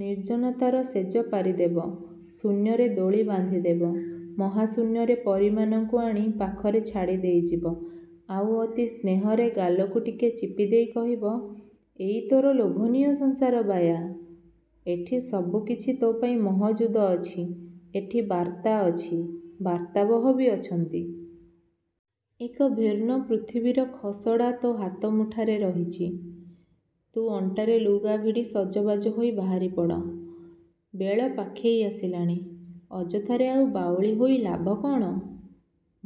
ନିର୍ଜନତାର ଶେଯ ପାରିଦେବ-। ଶୂନ୍ୟରେ ଦୋଳି ବାନ୍ଧିଦେବ। ମହାଶୂନ୍ୟରେ ପରୀମାନଙ୍କୁ ଆଣି ପାଖରେ ଛାଡ଼ି ଦେଇଯିବ-। ଆଉ ଅତି ସ୍ନେହରେ ଗାଲକୁ ଟିକେ ଚିପିଦେଇ କହିବ, 'ଏଇ ତୋର ଲୋଭନୀୟ ସଂସାର ବାୟା-! ଏଠି ସବୁକିଛି ତୋ'ପାଇଁ ମହଜୁଦ ଅଛି। ଏଠି ବାର୍ତ୍ତା ଅଛି। ବାର୍ତ୍ତାବହ ବି ଅଛନ୍ତି-। ଏକ ଭିନ୍ନ ପୃଥିବୀର ଖସଡ଼ା ତୋ ହାତ ମୁଠାରେ ରହିଛି। ତୁ ଅଣ୍ଟାରେ ଲୁଗାଭିଡ଼ି ସଜବାଜ ହୋଇ ବାହାରିପଡ଼। ବେଳ ପାଖେଇ ଆସିଲାଣି। ଅଯଥାରେ ଆଉ ବାଉଳି ହୋଇ ଲାଭ କ'ଣ-?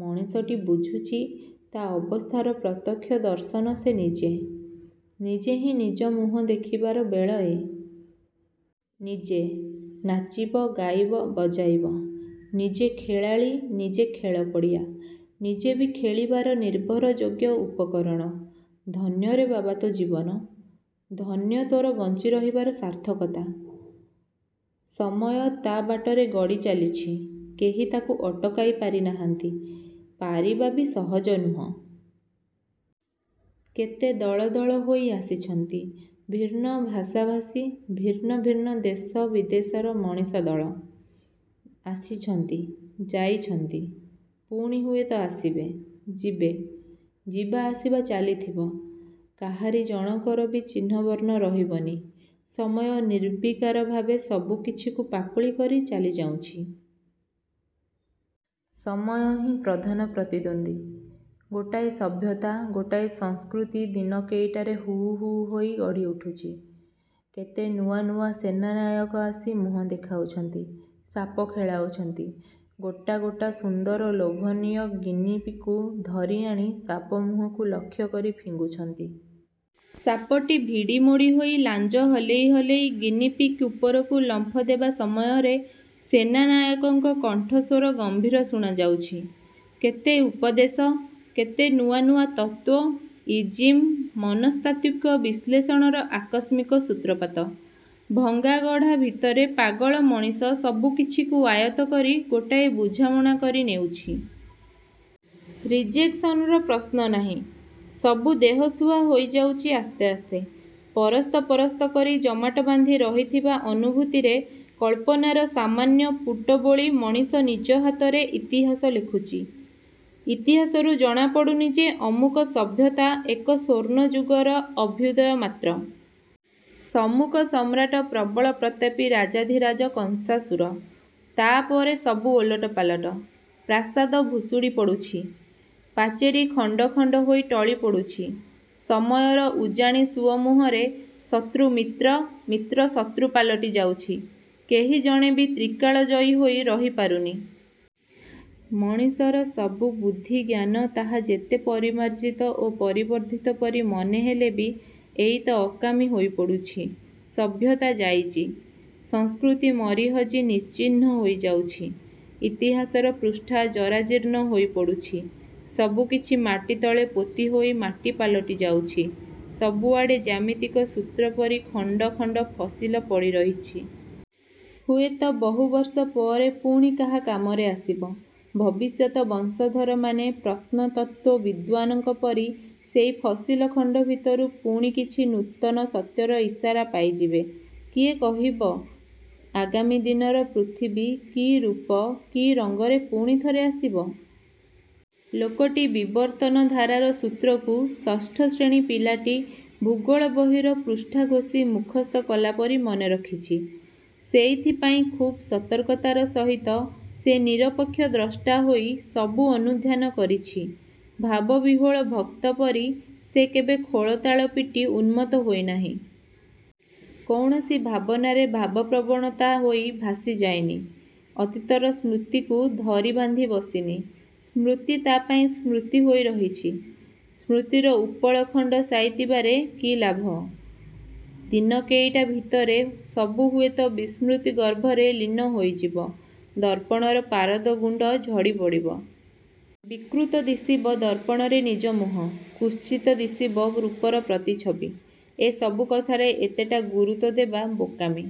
ମଣିଷଟି ବୁଝୁଛି, ତା' ଅବସ୍ଥାର ପ୍ରତ୍ୟକ୍ଷ ଦର୍ଶନ ସେ ନିଜେ। ନିଜେହିଁ ନିଜର ମୁହଁ ଦେଖିବାର ବେଳ ଏ! ନିଜେ। ନାଚିବ, ଗାଇବ, ବଜାଇବ। ନିଜେ ଖେଳାଳି, ନିଜେ ଖେଳ ପଡ଼ିଆ-। ନିଜେବି ଖେଳିବାର ନିର୍ଭରଯୋଗ୍ୟ ଉପକରଣ। ଧନ୍ୟରେ ବାବା ତୋ ଜୀବନ! ଧନ୍ୟ ତୋର ବଞ୍ଚି ରହିବାର ସାର୍ଥକତା!! ସମୟ ତା' ବାଟରେ ଗଡ଼ି ଚାଲିଛି। କେହି ତାକୁ ଅଟକାଇ ପାରିନାହାନ୍ତି। ପାରିବାବି ସହଜ ନୁହଁ। କେତେ ଦଳ ଦଳ ହୋଇ ଆସିଛନ୍ତି। ଭିନ୍ନ ଭାଷାଭାଷୀ, ଭିନ୍ନ ଭିନ୍ନ ଦେଶ ବିଦେଶର ମଣିଷ ଦଳ। ଆସିଛନ୍ତି। ଯାଇଛନ୍ତି। ପୁଣି ହୁଏତ ଆସିବେ। ଯିବେ। ଯିବା ଆସିବା ଚାଲିଥିବ। କାହାରି ଜଣକରବି ଚିହ୍ନବର୍ଣ୍ଣ ରହିବନି। ସମୟ ନିର୍ବିକାର ଭାବେ ସବୁକିଛିକୁ ପାକୁଳି କରି ଚାଲିଯାଉଁଛି! ସମୟହିଁ ପ୍ରଧାନ ପ୍ରତିଦ୍ୱନ୍ଦ୍ୱୀ। ଗୋଟାଏ ସଭ୍ୟତା, ଗୋଟାଏ ସଂସ୍କୃତି ଦିନ କେଇଟାରେ ହୁ ହୁ ହୋଇ ଗଢ଼ି ଉଠୁଛି। କେତେ ନୂଆ ନୂଆ ସେନାନାୟକ ଆସି ମୁହଁ ଦେଖାଉଛନ୍ତି। ସାପ ଖେଳାଉଛନ୍ତି। ଗୋଟା ଗୋଟା ସୁନ୍ଦର ଲୋଭନୀୟ ଗିନିପିକ୍କୁ ଧରି ଆଣି ସାପ ମୁହଁକୁ ଲକ୍ଷ୍ୟ କରି ଫିଙ୍ଗୁଛନ୍ତି। ସାପଟି ଭିଡ଼ିମୋଡ଼ି ହୋଇ ଲାଞ୍ଜ ହଲେଇ ହଲେଇ ଗିନିପିକ୍ ଉପରକୁ ଲମ୍ଫ ଦେବା ସମୟରେ ସେନାନାୟକଙ୍କ କଣ୍ଠ ସ୍ୱର ଗମ୍ଭୀର ଶୁଣାଯାଉଛି। କେତେ ଉପଦେଶ, କେତେ ନୂଆ ନୂଆ ତତ୍ତ୍ୱ, ଇଜିମ୍, ମନସ୍ତାତ୍ତ୍ୱିକ ବିଶ୍ଳେଷଣର ଆକସ୍ମିକ ସୂତ୍ରପାତ। ଭଙ୍ଗାଗଢ଼ା ଭିତରେ ପାଗଳ ମଣିଷ ସବୁକିଛିକୁ ଆୟତ୍ତ କରି ଗୋଟାଏ ବୁଝାମଣା କରି ନେଉଛି। ରିଜେକ୍ସନ୍ର ପ୍ରଶ୍ନ ନାହିଁ। ସବୁ ଦେହସୁହା ହୋଇଯାଉଚି ଆସ୍ତେ ଆସ୍ତେ। ପରସ୍ତ ପରସ୍ତ କରି ଜମାଟ ବାନ୍ଧି ରହିଥିବା ଅନୁଭୂତିରେ କଳ୍ପନାର ସାମାନ୍ୟ ପୁଟ ବୋଳି ମଣିଷ ନିଜ ହାତରେ ଇତିହାସ ଲେଖୁଛି। ଇତିହାସରୁ ଜଣାପଡ଼ୁନି ଯେ 'ଅମୁକ ସଭ୍ୟତା ଏକ ସ୍ୱର୍ଣ୍ଣଯୁଗର ଅଭ୍ୟୁଦୟ ମାତ୍ର। ସମୁକ ସମ୍ରାଟ ପ୍ରବଳ ପ୍ରତାପୀ ରାଜାଧିରାଜ କଂସାସୁର। ତା'ପରେ ସବୁ ଓଲଟ ପାଲଟ। ପ୍ରାସାଦ ଭୁଷୁଡ଼ି ପଡ଼ୁଛି। ପାଚେରୀ ଖଣ୍ଡ ଖଣ୍ଡ ହୋଇ ଟଳି ପଡ଼ୁଛି। ସମୟର ଉଜାଣି ସୁଅ ମୁହଁରେ ଶତ୍ରୁ ମିତ୍ର, ମିତ୍ର ଶତ୍ରୁ ପାଲଟି ଯାଉଛି। କେହି ଜଣେ ବି ତ୍ରିକାଳ-ଜୟୀ ହୋଇ ରହିପାରୁନି। ମଣିଷର ସବୁ ବୁଦ୍ଧି ଜ୍ଞାନ ତାହା ଯେତେ ପରିମାର୍ଜିତ ଓ ପରିବର୍ଦ୍ଧିତ ପରି ମନେହେଲେବି ଏଇତ ଅକାମୀ ହୋଇ ପଡ଼ୁଛି। ସଭ୍ୟତା ଯାଇଚି। ସଂସ୍କୃତି ମରି ହଜି ନିଶ୍ଚିହ୍ନ ହୋଇଯାଉଛି। ଇତିହାସର ପୃଷ୍ଠା ଜରାଜୀର୍ଣ୍ଣ ହୋଇପଡ଼ୁଛି। ସବୁକିଛି ମାଟିତଳେ ପୋତିହୋଇ ମାଟି ପାଲଟି ଯାଉଛି। ସବୁଆଡ଼େ ଜ୍ୟାମିତିକ ସୂତ୍ର ପରି ଖଣ୍ଡ ଖଣ୍ଡ ଫସିଲ ପଡ଼ି ରହିଛି। ହୁଏତ ବହୁ ବର୍ଷ ପରେ ପୁଣି କାହା କାମରେ ଆସିବ। ଭବିଷ୍ୟତ ବଂଶଧରମାନେ ପ୍ରତ୍ନତତ୍ତ୍ୱବିଦ୍ମାନଙ୍କ ପରି ସେଇ ଫସିଲ ଖଣ୍ଡ ଭିତରୁ ପୁଣି କିଛି ନୂତନ ସତ୍ୟର ଇସାରା ପାଇଯିବେ। କିଏ କହିବ, ଆଗାମୀ ଦିନର ପୃଥିବୀ କି ରୂପ, କି ରଙ୍ଗରେ ପୁଣିଥରେ ଆସିବ? ଲୋକଟି ବିବର୍ତ୍ତନ ଧାରାର ସୂତ୍ରକୁ ଷଷ୍ଠ ଶ୍ରେଣୀ ପିଲାଟି ଭୂଗୋଳ ବହିର ପୃଷ୍ଠା ଘୋଷି ମୁଖସ୍ତ କଲାପରି ମନେ ରଖିଛି। ସେଇଥିପାଇଁ ଖୁବ୍ ସତର୍କତାର ସହିତ ସେ ନିରପକ୍ଷ ଦ୍ରଷ୍ଟା ହୋଇ ସବୁ ଅନୁଧ୍ୟାନ କରିଛି। ଭାବବିହ୍ୱଳ ଭକ୍ତ ପରି ସେ କେବେ ଖୋଳ ତାଳ ପିଟି ଉନ୍ମତ୍ତ ହୋଇନାହିଁ। କୌଣସି ଭାବନାରେ ଭାବପ୍ରବଣତା ହୋଇ ଭାସି ଯାଇନି। ଅତୀତର ସ୍ମୃତିକୁ ଧରିବାନ୍ଧି ବସିନି। ସ୍ମୃତି ତା'ପାଇଁ ସ୍ମୃତି ହୋଇ ରହିଛି। ସ୍ମୃତିର ଉପଳଖଣ୍ଡ ସାଇତିବାରେ କି ଲାଭ। ଦିନ କେଇଟା ଭିତରେ ସବୁ ହୁଏତ ବିସ୍ମୃତି ଗର୍ଭରେ ଲୀନ ହୋଇଯିବ। ଦର୍ପଣର ପାରଦ ଗୁଣ୍ଡ ଝଡ଼ି ପଡ଼ିବ। ବିକୃତ ଦିଶିବ ଦର୍ପଣରେ ନିଜ ମୁହଁ। କୁତ୍ସିତ ଦିଶିବ ରୂପର ପ୍ରତିଛବି। ଏ ସବୁ କଥାରେ ଏତେଟା ଗୁରୁତ୍ୱ ଦେବା ବୋକାମି।